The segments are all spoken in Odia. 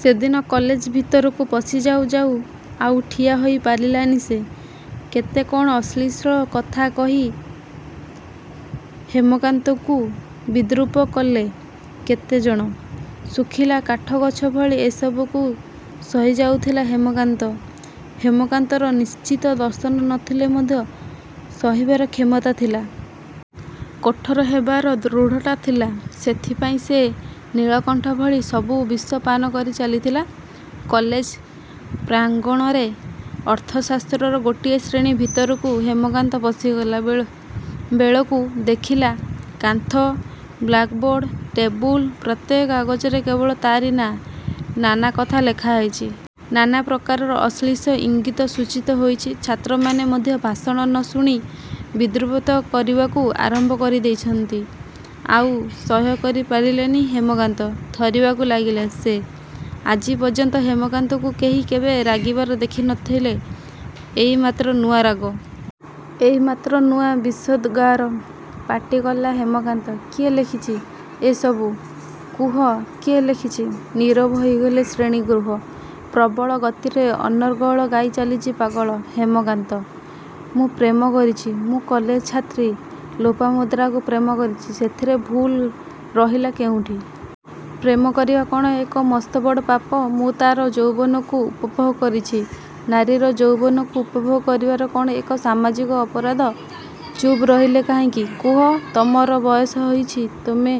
ସେଦିନ କଲେଜ ଭିତରକୁ ପଶିଯାଉ ଯାଉ ଆଉ ଠିଆ ହୋଇ ପାରିଲାନି ସେ। କେତେ କ'ଣ ଅଶ୍ଳୀସ୍ଲ କଥା କହି ହେମକାନ୍ତକୁ ବିଦ୍ରୂପ କଲେ କେତେ ଜଣ। ଶୁଖିଲା କାଠଗଛ ଭଳି ଏସବୁକୁ ସହିଯାଉଥିଲା ହେମକାନ୍ତ। ହେମକାନ୍ତର ନିଶ୍ଚିତ ଦର୍ଶନ ନ ଥିଲେ ମଧ୍ୟ ସହିବାର କ୍ଷମତା ଥିଲା। କଠୋର ହେବାର ଦୃଢ଼ତା ଥିଲା। ସେଇଥିପାଇଁ ସେ ନୀଳକଣ୍ଠ ଭଳି ସବୁ ବିଷ ପାନ କରି ଚାଲିଥିଲା କଲେଜ ପ୍ରାଙ୍ଗଣରେ। ଅର୍ଥଶାସ୍ତ୍ରର ଗୋଟିଏ ଶ୍ରେଣୀ ଭିତରକୁ ହେମକାନ୍ତ ପଶିଗଲା। ବେଳକୁ ଦେଖିଲା କାନ୍ଥ, ବ୍ଲାକ୍‌ବୋର୍ଡ, ଟେବୁଲ, ପ୍ରତ୍ୟେକ ଜାଗାରେ କେବଳ ତା'ରି ନାଁରେ ନାନା କଥା ଲେଖାହେଇଛି। ନାନା ପ୍ରକାରର ଅଶ୍ଳୀଶ ଇଙ୍ଗିତ ସୂଚିତ ହୋଇଛି। ଛାତ୍ରମାନେ ମଧ୍ୟ ଭାଷଣ ନ ଶୁଣି ବିଦ୍ରୂପ କରିବାକୁ ଆରମ୍ଭ କରିଦେଇଛନ୍ତି। ଆଉ ସହ୍ୟ କରି ପାରିଲାନି ହେମକାନ୍ତ। ଥରିବାକୁ ଲାଗିଲା ସେ। ଆଜି ପର୍ଯ୍ୟନ୍ତ ହେମକାନ୍ତକୁ କେହି କେବେ ରାଗିବାର ଦେଖି ନ ଥିଲେ। ଏଇ ମାତ୍ର ନୂଆ ରାଗ। ଏଇ ମାତ୍ର ନୂଆ ବିଷୋଦ୍‌ଗାର। ପାଟି କଲା ହେମକାନ୍ତ କିଏ ଲେଖିଛି ଏ ସବୁ? କୁହ, କିଏ ଲେଖିଛି? ନୀରବ ହୋଇଗଲା ଶ୍ରେଣୀଗୃହ। ପ୍ରବଳ ଗତିରେ ଅନର୍ଗଳ ଗାଇ ଚାଲିଛି ପାଗଳ ହେମକାନ୍ତ। ମୁଁ ପ୍ରେମ କରିଛି। ମୁଁ କଲେଜ ଛାତ୍ରୀ ଲୋପାମୁଦ୍ରାକୁ ପ୍ରେମ କରିଛି। ସେଥିରେ ଭୁଲ ରହିଲା କେଉଁଠି? ପ୍ରେମ କରିବା କ'ଣ ଏକ ମସ୍ତବଡ଼ ପାପ? ମୁଁ ତା'ର ଯୌବନକୁ ଉପଭୋଗ କରିଛି ନାରୀର ଯୌବନକୁ ଉପଭୋଗ କରିବା କ'ଣ ଏକ ସାମାଜିକ ଅପରାଧ? ଚୁପ୍ ରହିଲ କାହିଁକି, କୁହ? ତୁମର ବୟସ ହୋଇଛି। ତୁମେ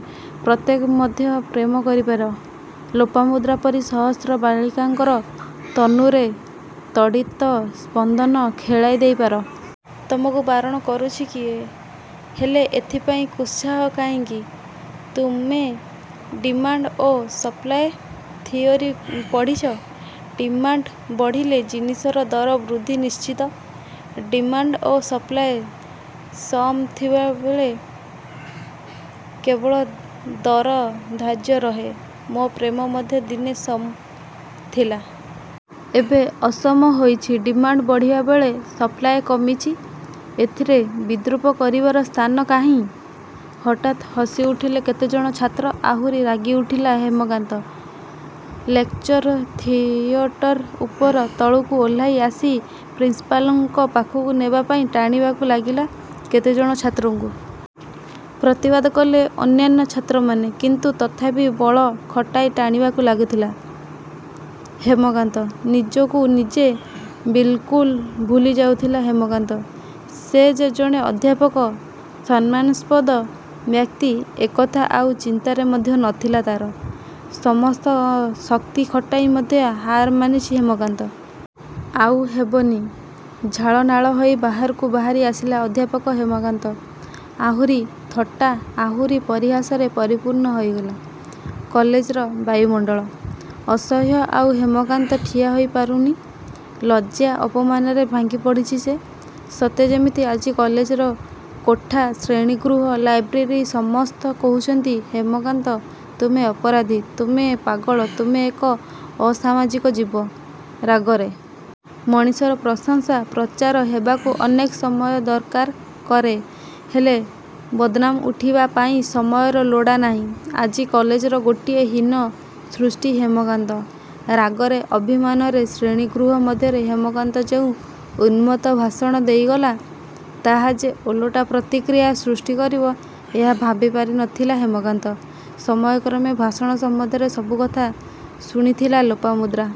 ପ୍ରତ୍ୟେକ ମଧ୍ୟ ପ୍ରେମ କରିପାର। ଲୋପାମୁଦ୍ରା ପରି ସହସ୍ର ବାଳିକାଙ୍କର ତନୁରେ ତଡ଼ିତ୍‌ର ସ୍ପନ୍ଦନ ଖେଳାଇ ଦେଇପାର। ତୁମକୁ ବାରଣ କରୁଛି କିଏ? ହେଲେ ଏଥିପାଇଁ କୁତ୍ସା କାହିଁକି? ତୁମେ ଡିମାଣ୍ଡ ଓ ସପ୍ଲାଇ ଥିଓରୀ ପଢ଼ିଛ। ଡିମାଣ୍ଡ ବଢ଼ିଲେ ଜିନିଷର ଦର ବୃଦ୍ଧି ସୁନିଶ୍ଚିତ। ଡିମାଣ୍ଡ ଓ ସପ୍ଲାଇ ସମ ଥିବାବେଳେ କେବଳ ଦର ଧାର୍ଯ୍ୟ ରହେ। ମୋ ପ୍ରେମ ମଧ୍ୟ ଦିନେ ସମ ଥିଲା। ଏବେ ଅସମ ହୋଇଛି। ଡିମାଣ୍ଡ ବଢ଼ିବାବେଳେ ସପ୍ଲାଇ କମିଛି। ଏଥିରେ ବିଦ୍ରୂପ କରିବାର ସ୍ଥାନ କାହିଁ?”ହଠାତ୍ ହସିଉଠିଲେ କେତେଜଣ ଛାତ୍ର। ଆହୁରି ରାଗି ଉଠିଲା ହେମକାନ୍ତ। ଲେକଚର ଥିଏଟର ଉପରୁ ତଳକୁ ଓହ୍ଲାଇ ଆସି ପ୍ରିନ୍ସିପାଲଙ୍କ ପାଖକୁ ନେବା ପାଇଁ ଟାଣିବାକୁ ଲାଗିଲା କେତେଜଣ ଛାତ୍ରଙ୍କୁ। ପ୍ରତିବାଦ କଲେ ଅନ୍ୟାନ୍ୟ ଛାତ୍ରମାନେ। କିନ୍ତୁ ତଥାପି ବଳ ଖଟାଇ ଟାଣିବାକୁ ଲାଗିଥିଲା ହେମକାନ୍ତ। ନିଜକୁ ନିଜେ ବିଲ୍‌କୁଲ୍ ଭୁଲି ଯାଉଥିଲା ହେମକାନ୍ତ। ସେ ଯେ ଜଣେ ଅଧ୍ୟାପକ, ସମ୍ମାନସ୍ପଦ ବ୍ୟକ୍ତି ଏକଥା ଆଉ ଚିନ୍ତାରେ ମଧ୍ୟ ନ ଥିଲା ତା'ର। ସମସ୍ତ ଶକ୍ତି ଖଟାଇ ମଧ୍ୟ ହାର ମାନିଛି ହେମକାନ୍ତ। ଆଉ ହେବନି। ଝାଳନାଳ ହୋଇ ବାହାରକୁ ବାହାରି ଆସିଲା ଅଧ୍ୟାପକ ହେମକାନ୍ତ। ଆହୁରି ଥଟ୍ଟା, ଆହୁରି ପରିହାସରେ ପରିପୂର୍ଣ୍ଣ ହୋଇଗଲା କଲେଜର ବାୟୁମଣ୍ଡଳ। ଅସହ୍ୟ। ଆଉ ହେମକାନ୍ତ ଠିଆ ହୋଇପାରୁନି। ଲଜ୍ଜା, ଅପମାନରେ ଭାଙ୍ଗି ପଡ଼ୁଛି ସେ। ସତେ ଯେମିତି ଆଜି କଲେଜର କୋଠା, ଶ୍ରେଣୀଗୃହ, ଲାଇବ୍ରେରୀ ସମସ୍ତ କହୁଛନ୍ତି ହେମକାନ୍ତ, ତୁମେ ଅପରାଧୀ, ତୁମେ ପାଗଳ, ତୁମେ ଏକ ଅସାମାଜିକ ଜୀବ। ରାଗରେ, ମଣିଷର ପ୍ରଶଂସା ପ୍ରଚାର ହେବାକୁ ଅନେକ ସମୟ ଦରକାର କରେ। ହେଲେ ବଦନାମ ଉଠିବା ପାଇଁ ସମୟର ଲୋଡ଼ା ନାହିଁ। ଆଜି କଲେଜର ଗୋଟିଏ ହୀନ ସୃଷ୍ଟି ହେମକାନ୍ତ। ରାଗରେ, ଅଭିମାନରେ ଶ୍ରେଣୀଗୃହ ମଧ୍ୟରେ ହେମକାନ୍ତ ଯେଉଁ ଉନ୍ମତ୍ତ ଭାଷଣ ଦେଇଗଲା, ତାହା ଯେ ଓଲଟା ପ୍ରତିକ୍ରିୟା ସୃଷ୍ଟି କରିବ, ଏହା ଭାବିପାରି ନ ଥିଲା ହେମକାନ୍ତ। ସମୟକ୍ରମେ ଭାଷଣ ସମ୍ବନ୍ଧରେ ସବୁ କଥା ଶୁଣିଥିଲା ଲୋପାମୁଦ୍ରା।